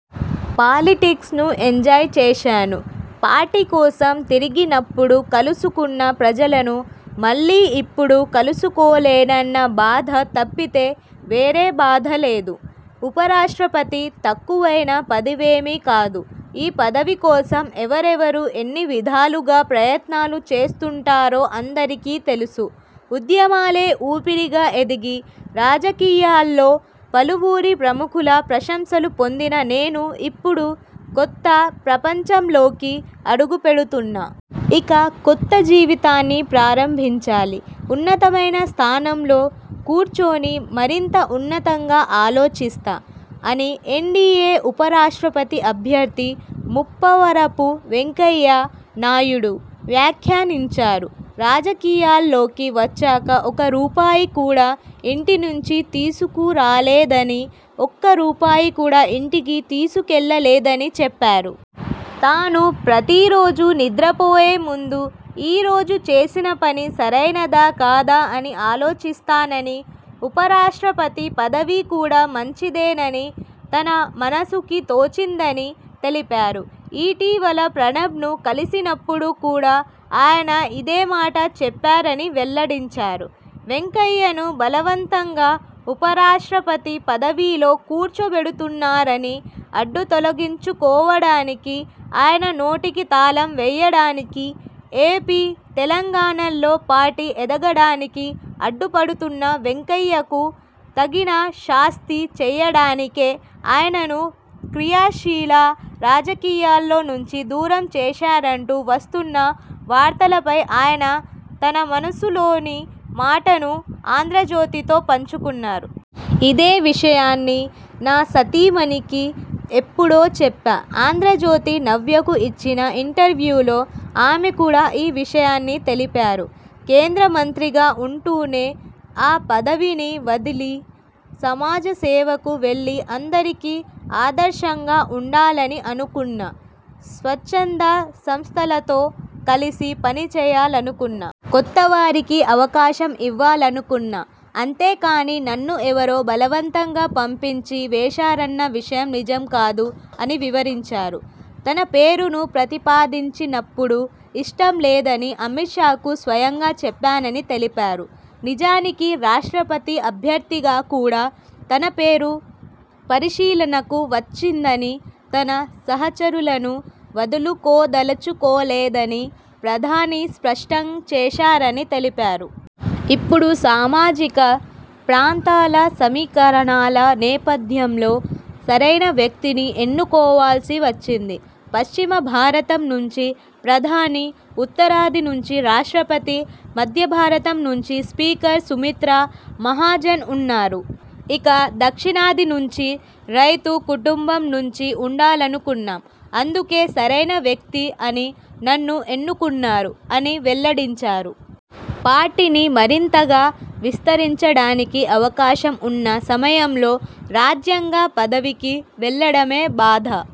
Politics ను enjoy చేశాను. Party కోసం తిరిగినప్పుడు కలుసుకున్న ప్రజలను మళ్లీ ఇప్పుడు కలుసుకోలేనన్న బాధ తప్పితే వేరే బాధ లేదు. ఉప రాష్ట్రపతి తక్కువైన పదవేమీ కాదు. ఈ పదవి కోసం ఎవరెవరు ఎన్ని విధాలుగా ప్రయత్నాలు చేస్తుంటారో అందరికీ తెలుసు. ఉద్యమాలే ఊపిరిగా ఎదిగి, రాజకీయాల్లో పలువురి ప్రముఖుల ప్రశంసలు పొందిన నేను ఇప్పుడు కొత్త ప్రపంచంలోకి అడుగు పెడుతున్నా. ఇక కొత్త జీవితాన్ని ప్రారంభించాలి. ఉన్నతమైన స్థానంలో కూర్చొని మరింత ఉన్నతంగా ఆలోచిస్తా'' అని ఎన్డీయే ఉప రాష్ట్రపతి అభ్యర్థి ముప్పవరపు వెంకయ్య నాయుడు వ్యాఖ్యానించారు. రాజకీయాల్లోకి వచ్చాక ఒక్క రూపాయి కూడా ఇంటి నుంచి తీసుకురాలేదని, ఒక్క రూపాయి కూడా ఇంటికి తీసుకెళ్లలేదని చెప్పారు. తాను ప్రతిరోజూ నిద్రపోయే ముందు ఈరోజు చేసిన పని సరైనదా? కాదా? అని ఆలోచిస్తానని, ఉప రాష్ట్రపతి పదవి కూడా మంచిదేనని తన మనసుకి తోచిందని తెలిపారు. ఇటీవల ప్రణబ్ను కలిసినప్పుడు కూడా ఆయన ఇదే మాట చెప్పారని వెల్లడించారు. వెంకయ్యను బలవంతంగా ఉప రాష్ట్రపతి పదవిలో కూర్చోబెడుతున్నారని, అడ్డు తొలగించుకోవడానికి, ఆయన నోటికి తాళం వేయడానికి, ఏపీ, తెలంగాణల్లో పార్టీ ఎదగడానికి అడ్డు పడుతున్న వెంకయ్యకు తగిన శాస్తి చేయడానికే ఆయనను క్రియాశీల రాజకీయాల్లో నుంచి దూరం చేశారంటూ వస్తున్న వార్తలపై ఆయన తన మనసులోని మాటను 'ఆంధ్రజ్యోతి'తో పంచుకున్నారు. ఇదే విషయాన్ని నా సతీమణికి ఎప్పుడో చెప్పా. 'ఆంధ్రజ్యోతి' నవ్యకు ఇచ్చిన ఇంటర్యూలో ఆమె కూడా ఈ విషయాన్ని తెలిపారు. కేంద్ర మంత్రిగా ఉంటూనే ఆ పదవిని వదిలి సమాజ సేవకు వెళ్లి అందరికీ ఆదర్శంగా ఉండాలని అనుకున్నా. స్వచ్ఛంద సంస్థలతో కలిసి పని చేయాలనుకున్నా. కొత్తవారికి అవకాశం ఇవ్వాలనుకున్నా. అంతేకానీ, నన్ను ఎవరో బలవంతంగా పంపించి వేశారన్న విషయం నిజం కాదు'' అని వివరించారు. తన పేరును ప్రతిపాదించినప్పుడు ఇష్టం లేదని అమిత్ షాకు స్వయంగా చెప్పానని తెలిపారు. నిజానికి రాష్ట్రపతి అభ్యర్థిగా కూడా తన పేరు పరిశీలనకు వచ్చిందని, తన సహచరులను వదులుకోదలచుకోలేదని ప్రధాని స్పష్టం చేశారని తెలిపారు. ''ఇప్పుడు సామాజిక, ప్రాంతాల సమీకరణాల నేపథ్యంలో సరైన వ్యక్తిని ఎన్నుకోవాల్సి వచ్చింది. పశ్చిమ భారతం నుంచి ప్రధాని, ఉత్తరాది నుంచి రాష్ట్రపతి, మధ్య భారతం నుంచి స్పీకర్ సుమిత్రా మహాజన్ ఉన్నారు. ఇక దక్షిణాది నుంచి రైతు కుటుంబం నుంచి ఉండాలనుకున్నాం. అందుకే సరైన వ్యక్తి అని నన్ను ఎన్నుకున్నారు'' అని వెల్లడించారు. పార్టీని మరింతగా విస్తరించడానికి అవకాశం ఉన్న సమయంలో రాజ్యాంగ పదవికి వెళ్లడమే బాధ